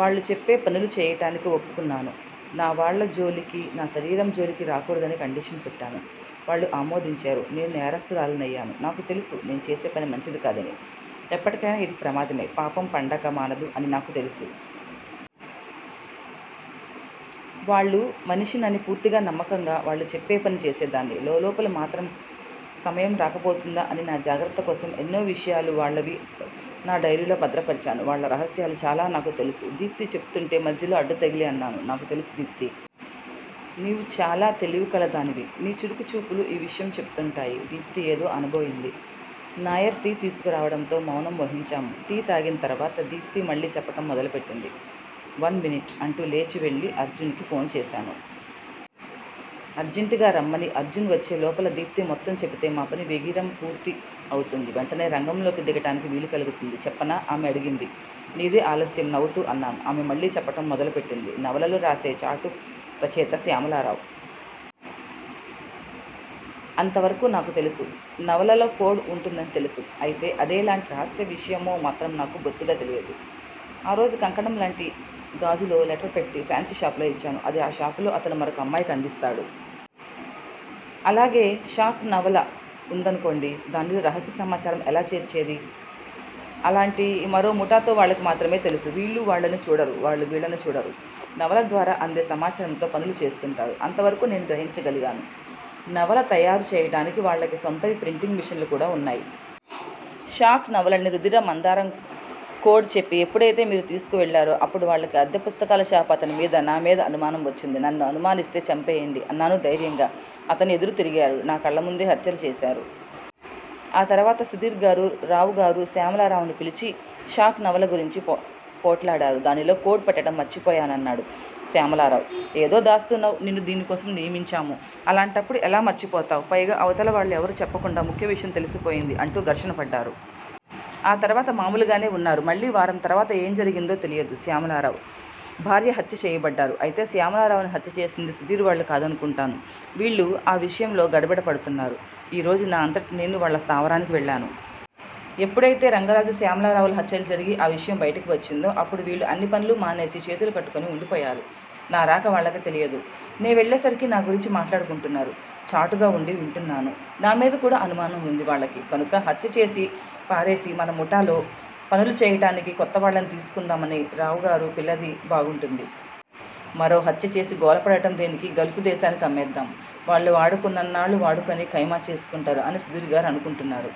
వాళ్లు చెప్పే పనులు చేయటానికి ఒప్పుకున్నాను. నా వాళ్ళ జోలికి, నా శరీరం జోలికి రాకూడదని కండిషన్ పెట్టాను. వాళ్ళు ఆమోదించారు. నేను నేరస్తురాలినయ్యాను. నాకు తెలుసు నేను చేసేపని మంచిది కాదని. ఎప్పటికైనా ఇది ప్రమాదమే. పాపం పండక మానదు అని నాకు తెలుసు. వాళ్ళ మనిషినని పూర్తిగా నమ్మకంగా వాళ్ళు చెప్పేపని చేసేదాన్ని. లోలోపల మాత్రం సమయం రాకపోతుందా అని నా జాగ్రత్తకోసం ఎన్నో విషయాలు వాళ్ళవి నా డైరీలో భద్రపరిచాను. వాళ్ళ రహస్యాలు చాలా నాకు తెలుసు. దీప్తి చెపుతుంటే మధ్యలో అడ్డుతగిలి అన్నాను. నాకు తెలుసు దీప్తీ! నీవు చాలా తెలివికలదానివి. నీ చురుకు చూపులు ఈ విషయం చెపుతుంటాయి. దీప్తి ఏదో అనబోయింది. నాయర్ టీ తీసుకురావడంతో మౌనం వహించాము. టీ తాగిన తరువాత దీప్తి మళ్ళీ చెప్పటం మొదలు పెట్టింది. One minute! అంటూ లేచి వెళ్ళి అర్జున్ కి ఫోన్ చేశాను. అర్జంట్ గా రమ్మని. అర్జున్ వచ్చే లోపల దీప్తి మొత్తం చెపితే మా పని వేగిరం పూర్తి అవుతుంది. వెంటనే రంగంలోకి దిగటానికి వీలు కలుగుతుంది. చెప్పనా? ఆమె అడిగింది. నీదే ఆలశ్యం నవ్వుతూ అన్నాను. ఆమె మళ్ళీ చెప్పటం మొదలు పెట్టింది. నవలలు రాసే చాటు రచయిత శ్యామలరావు. అంతవరకూ నాకు తెలుసు. నవలలో కోడ్ వుంటుందని తెలుసు. అయితే అదే లాంటి రహస్య విషయమో మాత్రం నాకు బొత్తిగా తెలియదు. ఆ రోజు కంకణం లాంటి గాజులో లెటర్ పెట్టి ఫ్యాన్సీ షాపులో ఇచ్చాను. అది ఆ షాపులో అతను మరొక అమ్మాయికి అందిస్తాడు. అలాగే షాక్ నవల వుందనుకోండి. దానిలో రహస్య సమాచారం ఎలా చేర్చేది అలాంటి మరో ముఠాతో వాళ్లకి మాత్రమే తెలుసు. వీళ్ళు వాళ్ళని చూడరు. వాళ్ళు వీళ్ళని చూడరు. నవల ద్వారా అందే సమాచారంతో పనులు చేస్తుంటారు. అంతవరకూ నేను గ్రహించ గలిగాను. నవల తయారు చేయటానికి వాళ్ళకి సొంతవి ప్రింటింగ్ మిషన్లు కూడా వున్నాయి. షాక్ నవలని రుధిర మందారం కోడ్ చెప్పి ఎప్పుడైతే మీరు తీసుకు వెళ్ళారో అప్పుడు వాళ్ళకి అద్దె పుస్తకాల షాపు అతని మీద, నా మీద అనుమానం వచ్చింది. నన్ను అనుమానిస్తే చంపేయండి అన్నాను ధైర్యంగా. అతను ఎదురు తిరిగాడు. నా కళ్ళముందే హత్య చేశారు. ఆ తర్వాత సుధీర్ గారు, రావుగారు, శ్యామలరావుని పిలిచి షాక్ నవల గురించి పోట్లాడారు. దానిలో కోడ్ పెట్టటం మర్చిపోయానన్నాడు శ్యామలరావు. ఏదో దాస్తున్నావు నిన్ను దీనికోసం నియమించాము. అలాంటప్పుడు ఎలా మర్చిపోతావు? పైగా అవతల వాళ్ళు ఎవరూ చెప్పకుండా ముఖ్య విషయం తెలిసిపోయింది. అంటూ ఘర్షణ పడ్డారు. ఆ తర్వాత మామూలుగానే వున్నారు. మళ్ళీ వారం తర్వాత ఏం జరిగిందో తెలియదు. శ్యామలరావు భార్య హత్య చేయబడ్డారు. అయితే శ్యామలరావుని హత్య చేసింది సుధీర్ వాళ్ళు కాదనుకుంటాను. వీళ్ళు ఆ విషయంలో గడబిడ పడుతున్నారు. ఈరోజు నా అంతట నేను వాళ్ళ స్థావరానికి వెళ్లాను. ఎప్పుడయితే రంగరాజు శ్యామలరావుల హత్యలు జరిగి ఆ విషయం బైటికి వచ్చిందో అప్పుడు వీళ్ళు అన్ని పనులు మానేసి చేతులు కట్టుకుని వుండిపోయారు. నా రాక వాళ్ళకి తెలియదు. నే వెళ్ళేసరికి నా గురించి మాట్లాడుకుంటున్నారు. చాటుగా వుండి వింటున్నాను. నా మీద కూడా అనుమానం వుంది వాళ్ళకి కనుక హత్య చేసి పారేసి మన ముఠాలో పనులు చేయటానికి కొత్త వాళ్ళని తీసుకుందామని రావుగారు, పిల్లది బాగుంటుంది. మరో హత్యచేసి గోల పడటం దేనికి! గల్ఫ్ దేశానికి అమ్మేద్దాము. వాళ్ళు వాడుకున్నాన్నాళ్ళు వాడుకుని కైమా చేసుకుంటారు. అని సుధీర్ గారు అనుకుంటున్నారు.